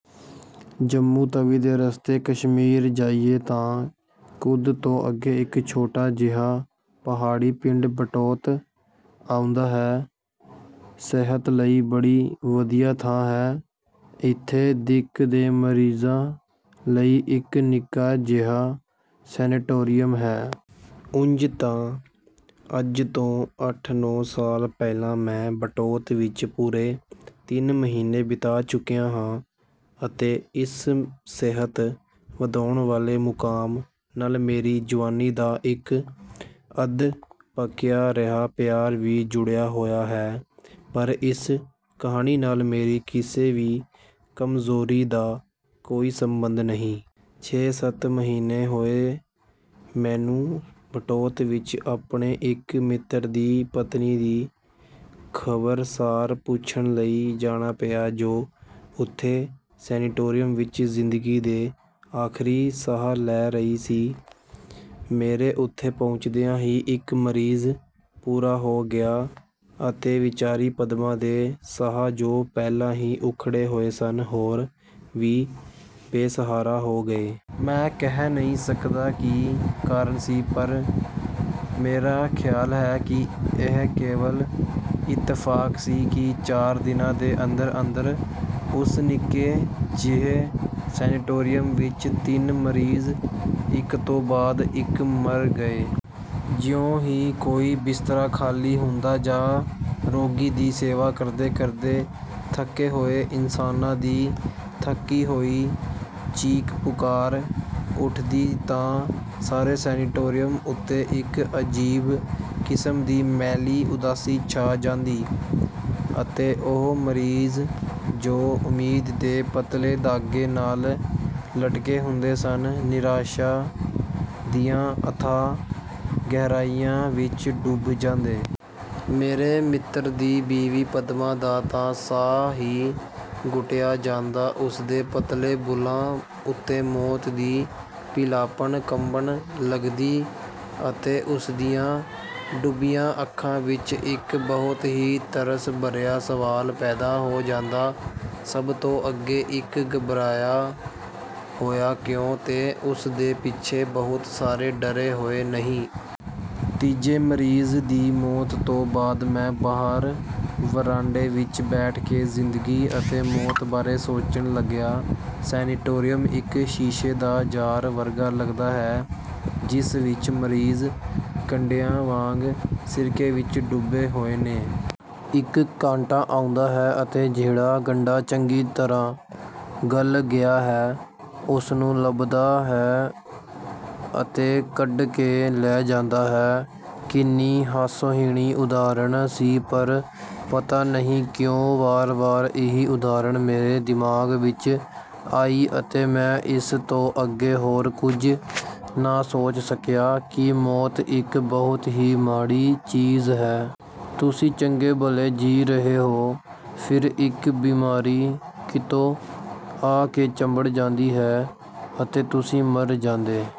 ਜੰਮੂ ਤਵੀ ਦੇ ਰਸਤੇ ਕਸ਼ਮੀਰ ਜਾਈਏ ਤਾਂ ਕੁਦ ਤੋਂ ਅੱਗੇ ਇੱਕ ਛੋਟਾ ਜਿਹਾ ਪਹਾੜੀ ਪਿੰਡ ਬਟੌਤ ਆਉਂਦਾ ਹੈ। ਸਿਹਤ ਲਈ ਬੜੀ ਵਧੀਆ ਥਾਂ ਹੈ। ਇੱਥੇ ਦਿੱਕ ਦੇ ਮਰੀਜ਼ਾਂ ਲਈ ਇੱਕ ਨਿੱਕਾ ਜਿਹਾ ਸੈਨੇਟੋਰੀਅਮ ਹੈ। ਉਂਝ ਤਾਂ ਅੱਜ ਤੋਂ ਅੱਠ-ਨੌਂ ਸਾਲ ਪਹਿਲਾਂ ਮੈਂ ਬਟੌਤ ਵਿੱਚ ਪੂਰੇ ਤਿੰਨ ਮਹੀਨੇ ਬਿਤਾ ਚੁੱਕਿਆ ਹਾਂ ਅਤੇ ਇਸ ਸਿਹਤ ਵਧਾਉਣ ਵਾਲੇ ਮੁਕਾਮ ਨਾਲ ਮੇਰੀ ਜੁਆਨੀ ਦਾ ਇੱਕ ਅੱਧ-ਪੱਕਿਆ ਰਿਹਾ ਪਿਆਰ ਵੀ ਜੁੜਿਆ ਹੋਇਆ ਹੈ ਪਰ ਇਸ ਕਹਾਣੀ ਨਾਲ ਮੇਰੀ ਕਿਸੇ ਵੀ ਕਮਜ਼ੋਰੀ ਦਾ ਕੋਈ ਸਬੰਧ ਨਹੀਂ। ਛੇ-ਸੱਤ ਮਹੀਨੇ ਹੋਏ ਮੈਨੂੰ ਬਟੌਤ ਵਿੱਚ ਆਪਣੇ ਇੱਕ ਮਿੱਤਰ ਦੀ ਪਤਨੀ ਦੀ ਖ਼ਬਰ ਸਾਰ ਪੁੱਛਣ ਲਈ ਜਾਣਾ ਪਿਆ ਜੋ ਉੱਥੇ ਸੈਨੇਟੋਰੀਅਮ ਵਿੱਚ ਜ਼ਿੰਦਗੀ ਦੇ ਆਖਰੀ ਸਾਹ ਲੈ ਰਹੀ ਸੀ। ਮੇਰੇ ਉੱਥੇ ਪਹੁੰਚਦਿਆਂ ਹੀ ਇੱਕ ਮਰੀਜ਼ ਪੂਰਾ ਹੋ ਗਿਆ ਅਤੇ ਵਿਚਾਰੀ ਪਦਮਾ ਦੇ ਸਾਹ ਜੋ ਪਹਿਲਾਂ ਹੀ ਉੱਖੜੇ ਹੋਏ ਸਨ ਹੋਰ ਵੀ ਬੇਸਹਾਰਾ ਹੋ ਗਏ। ਮੈਂ ਕਹਿ ਨਹੀਂ ਸਕਦਾ ਕਿ ਕਾਰਨ ਕੀ ਸੀ ਪਰ ਮੇਰਾ ਖਿਆਲ ਹੈ ਕਿ ਇਹ ਕੇਵਲ ਇਤਫਾਕ ਸੀ ਕਿ ਚਾਰ ਦਿਨਾਂ ਦੇ ਅੰਦਰ-ਅੰਦਰ ਉਸ ਨਿੱਕੇ ਜਿਹੇ ਸੈਨੇਟੋਰੀਅਮ ਵਿੱਚ ਤਿੰਨ ਮਰੀਜ਼ ਇੱਕ ਤੋਂ ਬਾਅਦ ਇੱਕ ਮਰ ਗਏ। ਜਿਉਂ ਹੀ ਕੋਈ ਬਿਸਤਰਾ ਖਾਲੀ ਹੁੰਦਾ ਜਾਂ ਰੋਗੀ ਦੀ ਸੇਵਾ ਕਰਦੇ ਕਰਦੇ ਥੱਕੇ ਹੋਏ ਇਨਸਾਨਾਂ ਦੀ ਥੱਕੀ ਹੋਈ ਚੀਕ-ਪੁਕਾਰ ਉੱਠਦੀ ਤਾਂ ਸਾਰੇ ਸੈਨੇਟੋਰੀਅਮ ਉੱਤੇ ਇੱਕ ਅਜੀਬ ਕਿਸਮ ਦੀ ਮੈਲੀ ਉਦਾਸੀ ਛਾ ਜਾਂਦੀ ਅਤੇ ਉਹ ਮਰੀਜ਼ ਜੋ ਉਮੀਦ ਦੇ ਪਤਲੇ ਧਾਗੇ ਨਾਲ ਲਟਕੇ ਹੁੰਦੇ ਸਨ ਨਿਰਾਸ਼ਾ ਦੀਆਂ ਅਥਾਹ ਗਹਿਰਾਈਆਂ ਵਿੱਚ ਡੁੱਬ ਜਾਂਦੇ। ਮੇਰੇ ਮਿੱਤਰ ਦੀ ਬੀਵੀ ਪਦਮਾ ਦਾ ਤਾਂ ਸਾਹ ਹੀ ਘੁੱਟਿਆ ਜਾਂਦਾ ਉਸਦੇ ਪਤਲੇ ਬੁੱਲ੍ਹਾਂ ਉੱਤੇ ਮੌਤ ਦੀ ਪੀਲਾਪਣ ਕੰਬਣ ਲੱਗਦੀ ਅਤੇ ਉਸਦੀਆਂ ਡੂੰਘੀਆਂ ਅੱਖਾਂ ਵਿੱਚ ਇੱਕ ਬਹੁਤ ਹੀ ਤਰਸ ਭਰਿਆ ਸਵਾਲ ਪੈਦਾ ਹੋ ਜਾਂਦਾ ਸਭ ਤੋਂ ਅੱਗੇ ਇੱਕ ਘਬਰਾਇਆ ਹੋਇਆ 'ਕਿਉਂ' ਤੇ ਉਸ ਦੇ ਪਿੱਛੇ ਬਹੁਤ ਸਾਰੇ ਡਰੇ ਹੋਏ 'ਨਹੀਂ'। ਤੀਜੇ ਮਰੀਜ਼ ਦੀ ਮੌਤ ਤੋਂ ਬਾਅਦ ਮੈਂ ਬਾਹਰ ਵਰਾਂਡੇ ਵਿੱਚ ਬੈਠ ਕੇ ਜ਼ਿੰਦਗੀ ਅਤੇ ਮੌਤ ਬਾਰੇ ਸੋਚਣ ਲੱਗਿਆ। ਸੈਨੇਟੋਰੀਅਮ ਇੱਕ ਸ਼ੀਸ਼ੇ ਦਾ ਜਾਰ ਵਰਗਾ ਲਗਦਾ ਹੈ ਜਿਸ ਵਿੱਚ ਮਰੀਜ਼ ਗੰਢਿਆਂ ਵਾਂਗ ਸਿਰਕੇ ਵਿੱਚ ਡੁੱਬੇ ਹੋਏ ਨੇ। ਇੱਕ ਕਾਂਟਾ ਆਉਂਦਾ ਹੈ ਅਤੇ ਜਿਹੜਾ ਗੰਢਾ ਚੰਗੀ ਤਰ੍ਹਾਂ ਗਲ ਗਿਆ ਹੈ ਉਸਨੂੰ ਲੱਭਦਾ ਹੈ ਅਤੇ ਕੱਢ ਕੇ ਲੈ ਜਾਂਦਾ ਹੈ। ਕਿੰਨੀ ਹਾਸੋਹੀਣੀ ਉਦਾਹਰਨ ਸੀ ਪਰ ਪਤਾ ਨਹੀਂ ਕਿਉਂ ਵਾਰ-ਵਾਰ ਇਹੀ ਉਦਾਹਰਨ ਮੇਰੇ ਦਿਮਾਗ ਵਿੱਚ ਆਈ ਅਤੇ ਮੈਂ ਇਸ ਤੋਂ ਅੱਗੇ ਹੋਰ ਕੁਝ ਨਾ ਸੋਚ ਸਕਿਆ ਕਿ ਮੌਤ ਇੱਕ ਬਹੁਤ ਹੀ ਮਾੜੀ ਚੀਜ਼ ਹੈ। ਤੁਸੀਂ ਚੰਗੇ ਭਲੇ ਜੀ ਰਹੇ ਹੋ ਫਿਰ ਇੱਕ ਬਿਮਾਰੀ ਕਿਤੋਂ ਆ ਕੇ ਚੰਬੜ ਜਾਂਦੀ ਹੈ ਅਤੇ ਤੁਸੀਂ ਮਰ ਜਾਂਦੇ